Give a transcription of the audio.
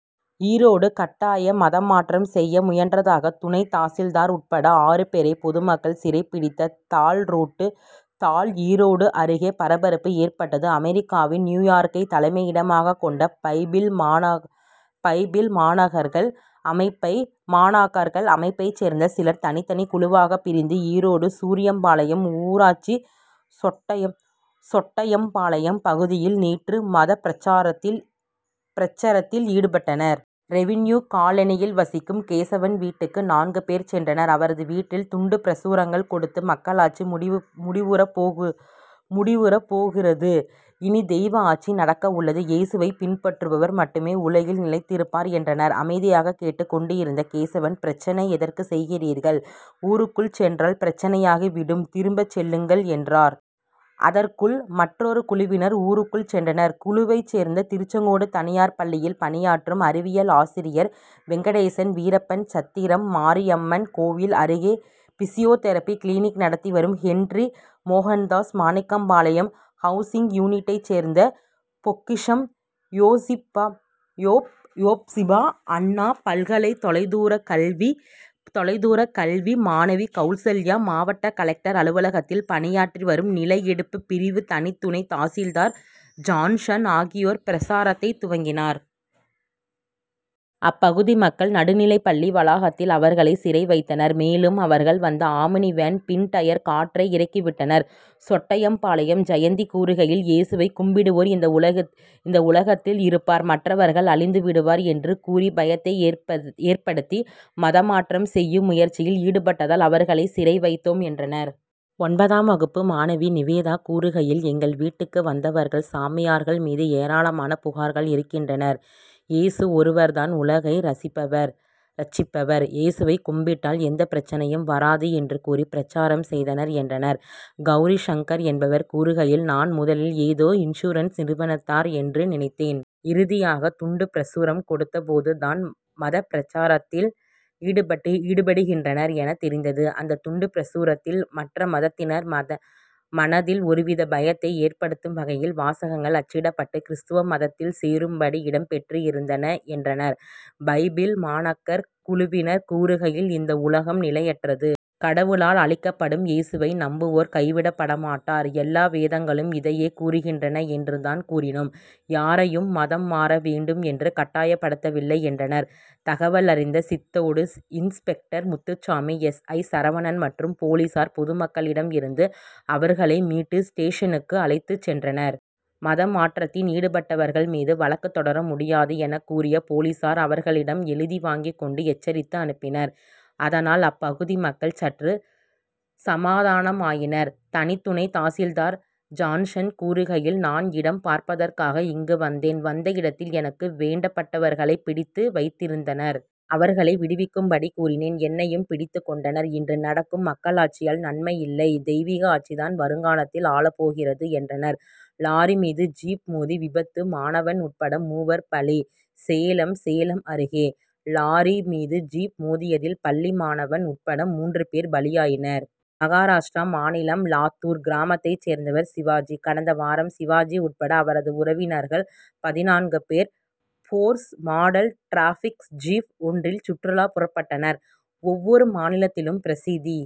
ஈரோடு கட்டாய மதமாற்றம் செய்ய முயன்றதாக துணை தாசில்தார் உட்பட ஆறு பேரை பொதுமக்கள் சிறை பிடித்த தால் ஈரோடு அருகே பரபரப்பு ஏற்பட்டது. அமெரிக்காவின் நியூயார்க்கை தலைமையிடமாகக் கொண்ட பைபிள் மாணாக்கர்கள் அமைப்பைச் சேர்ந்த சிலர் தனித்தனி குழுவாகப் பிரிந்து ஈரோடு சூரியம்பாளையம் ஊராட்சி சொட்டையம் பாளையம் பகுதியில் நேற்று மதப் பிரசாரத்தில் ஈடுபட்டனர். ரெவின்யூ காலனியில் வசிக்கும் கேசவன் வீட்டுக்கு நான்கு பேர் சென்றனர். அவரது வீட்டில் துண்டு பிரசுரங்கள் கொடுத்து மக்களாட்சி முடிவுறப் போகிறது இனி தெய்வ ஆட்சி நடக்க உள்ளது. ஏசுவை பின்பற்றுபவர் மட்டுமே உலகில் நிலைத்திருப்பர் என்றனர். அமைதியாக கேட்டுக் கொண்டிருந்த கேசவன் பிரச்னை எதற்கு செய்கிறீர்கள் ஊருக்குள் சென்றால் பிரச்னையாகி விடும் திரும்பச் செல்லுங்கள் என்றார். அதற்குள் மற்றொரு குழுவினர் ஊருக்குள் சென்றனர். குழுவைச் சேர்ந்த திருச்செங்கோடு தனியார் பள்ளியில் பணியாற்றும் அறிவியல் ஆசிரியர் வெங்கடேசன் வீரப்பன்சத்திரம் மாரியம்மன் கோவில் அருகே பிசியோதெரபி கிளினிக் நடத்தி வரும் ஹென்றி மோகன்தாஸ் மாணிக்கம்பாளையம் ஹவுசிங் யூனிட்டைச் சேர்ந்த பொக்கிஷம் யெப்சிபா அண்ணா பல்கலை தொலைதூரக் கல்வி மாணவி கவுசல்யா மாவட்ட கலெக்டர் அலுவலகத்தில் பணியாற்றி வரும் நிலஎடுப்புப் பிரிவு தனி துணை தாசில்தார் ஜான்சன் ஆகியோர் பிர சாரத்தை துவக்கினர். அப்பகுதி மக்கள் நடுநிலைப்பள்ளி வளாகத்தில் அவர்களை சிறை வைத்தனர். மேலும் அவர்கள் வந்த ஆம்னி வேன் பின் டயர் காற்றை இறக்கிவிட்டனர். சொட்டையம் பாளையம் ஜெயந்தி கூறுகையில் ஏசுவை கும்பிடுவோர் இந்த உலகத்தில் இருப்பர் மற்றவர்கள் அழிந்து விடுவர் என்று கூறி பயத்தை ஏற்படுத்தி மதமாற்றம் செய்யும் முயற்சியில் ஈடுபட்டதால் அவர்களை சிறை வைத்தோம் என்றார். ஒன்பதாம் வகுப்பு மாணவி நிவேதா கூறுகையில் எங்கள் வீட்டுக்கு வந்தவர்கள் சாமியார்கள் மீது ஏராளமான புகார்கள் இருக்கின்றன. ஏசு ஒருவர் தான் உலகை ரட்சிப்பவர் ஏசுவை கும்பிட்டால் எந்த பிரச்னையும் வராது என்று கூறி பிரசாரம் செய்தனர் என்றார். கவுரி சங்கர் என்பவர் கூறுகையில் நான் முதலில் ஏதோ இன்சூரன்ஸ் நிறுவனத்தார் என்று நினைத்தேன். இறுதியாக துண்டு பிரசுரம் கொடுத்த போது தான் மதப் பிரசாரத்தில் ஈடுபடுகின்றனர் எனத் தெரிந்தது. அந்த துண்டு பிரசுரத்தில் மற்ற மதத்தினர் மனதில் ஒருவித பயத்தை ஏற்படுத்தும் வகையில் வாசகங்கள் அச்சிடப்பட்டு கிறிஸ்துவ மதத்தில் சேரும் படி இடம் பெற்றிருந்தன என்றார். பைபிள் மாணாக்கர் குழுவினர் கூறுகையில் இந்த உலகம் நிலையற்றது. கடவுளால் அழிக்கப்படும். ஏசுவை நம்புவோர் கைவிடப்படமாட்டார். எல்லா வேதங்களும் இதையே கூறுகின்றன என்று தான் கூறினோம். யாரையும் மதம் மாற வேண்டும் என்று கட்டாயப் படுத்தவில்லை என்றனர். தகவலறிந்த Chithode inspector Muthusamy S. I. Saravanan மற்றும் போலீசார் பொதுமக்களிடம் இருந்து அவர்களை மீட்டு ஸ்டேஷனுக்கு அழைத்துச் சென்றனர். மதமாற்றத்தில் ஈடுபட்டவர்கள் மீது வழக்கு தொடர முடியாது எனக் கூறிய போலீசார் அவர் களிடம் எழுதி வாங்கிக் கொண்டு எச்சரித்து அனுப்பினர். அதனால் அப்பகுதி மக்கள் சற்று சமாதானமாயினர். தனி துணை தாசில்தார் ஜான்சன் கூறுகையில் நான் இடம் பார்ப்பதற்காக இங்கு வந்தேன். வந்த இடத்தில் எனக்கு வேண் டப்பட்டவர்களை பிடித்து வைத்திருந்தனர். அவர்களை விடுவிக்கும்படி கூறினேன். என்னையும் பிடித்துக் கொண்ட னர். இன்று நடக்கும் மக்களாட்சியால் நன்மையில்லை தெய்வீக ஆட்சி தான் வருங்காலத்தில் ஆளப்போகிறது என்றார். லாரி மீது ஜீப் மோதி விபத்து மாணவன் உட்பட மூவர் பலி சேலம் சேலம் அருகே. லாரி மீது ஜீப் மோதியதில் பள்ளி மாணவன் உட்பட மூன்று பேர் பலியாயினர். மகாராஷ்டிரா மாநிலம் லாத்தூர் கிராமத்தை சேர்ந்தவர் சிவாஜி. கடந்த வாரம் சிவாஜி உட்பட அவரது உறவினர்கள் பதினான்கு பேர் போர்ஸ் மாடல் டிராக்ஸ் ஜீப் ஒன்றில் சுற்றுலா புறப்பட்டனர். ஒவ்வொரு மாநிலத்திலும் பிரசித்தி